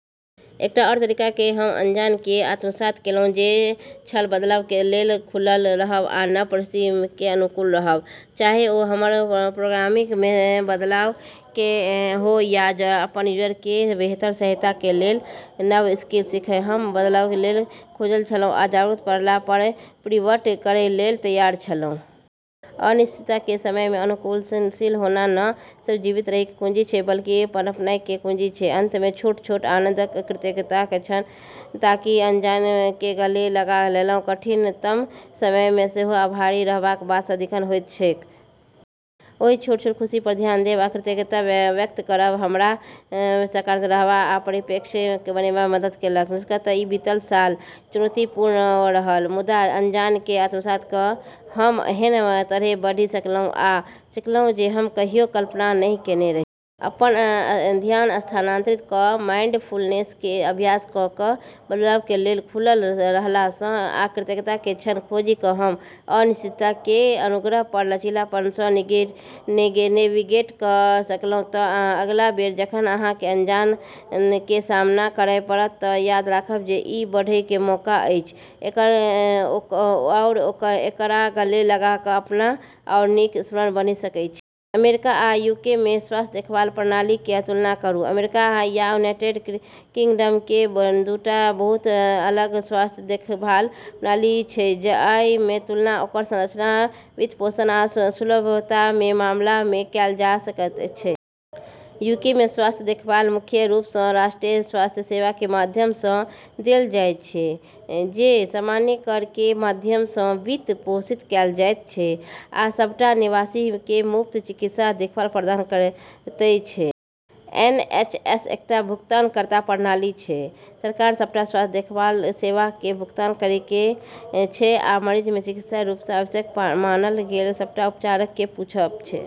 एकटा आओर तरीका जे हम अनजान के आत्मसात केलहुं से छल बदलाव के लेल खुलल रहब आ नव परिस्थिति के अनुकूल रहब. चाहे ओ हमर प्रोग्रामिंग में बदलाव हो या अपन यूजर के बेहतर सहायता के लेल नव स्किल सीखब, हम बदलाव के लेल खुलल छलहुं आ जरूरत पड़ला पर पिवट करय लेल तैयार छलहुं. अनिश्चितता के समय में अनुकूलनशील होना न सिर्फ जीवित रहय के कुंजी छै बल्कि पनपय के कुंजी छै. अंत मे छोट-छोट आनन्द आ कृतज्ञताक क्षण ताकि अनजान केँ गले लगा लेलहुँ। कठिनतम समय मे सेहो आभारी रहबाक बात सदिखन होइत छैक। ओहि छोट-छोट खुशी पर ध्यान देब आ कृतज्ञता व्यक्त करब हमरा सकारात्मक रहबा आ परिप्रेक्ष्य बनेबा मे मदद केलक। निष्कर्षतः ई बीतल साल चुनौतीपूर्ण रहल अछि, मुदा अनजान केँ आत्मसात क' हम एहन तरहेँ बढ़ि सकलहुँ आ सीखलहुँ जे हम कहियो कल्पना नहि केने रही। अपन ध्यान स्थानांतरित क', माइंडफुलनेस के अभ्यास क' क', बदलाव के लेल खुलल रहला स', आ कृतज्ञता के क्षण खोजि क' हम अनिश्चितता के अनुग्रह आ लचीलापन स' नेविगेट क' सकलहुं. त अगिला बेर जखन अहां के अनजान के सामना करय पड़त त याद राखब जे ई बढ़य के मौका अछि, आओर एकरा गले लगा क अहां अपन आओर नीक संस्करण बनि सकय छी. अमेरिका आ यूके मे स्वास्थ्य देखभाल प्रणाली कें तुलना करूं. अमेरिका आ यूनाइटेड किंगडम कें दूटा बहुत अलग स्वास्थ्य देखभाल प्रणाली छै जइ कें तुलना ओकर संरचना, वित्तपोषण आ सुलभता कें मामला मे कैल जा सकय छै. यूके मे स्वास्थ्य देखभाल मुख्य रूप सं राष्ट्रीय स्वास्थ्य सेवा कें माध्यम सं देल जायत छै, जे सामान्य कर कें माध्यम सं वित्त पोषित कैल जायत छै आ सबटा निवासीक कें मुफ्त चिकित्सा देखभाल प्रदान करयत छै. एनएचएस एकटा भुगतानकर्ता प्रणाली छै: सरकार सबटा स्वास्थ्य देखभाल सेवाक कें भुगतान करएयत छै, आ मरीजक कें चिकित्सकीय रूप सं आवश्यक मानल गेल सबटा उपचारक कें पहुंच छै.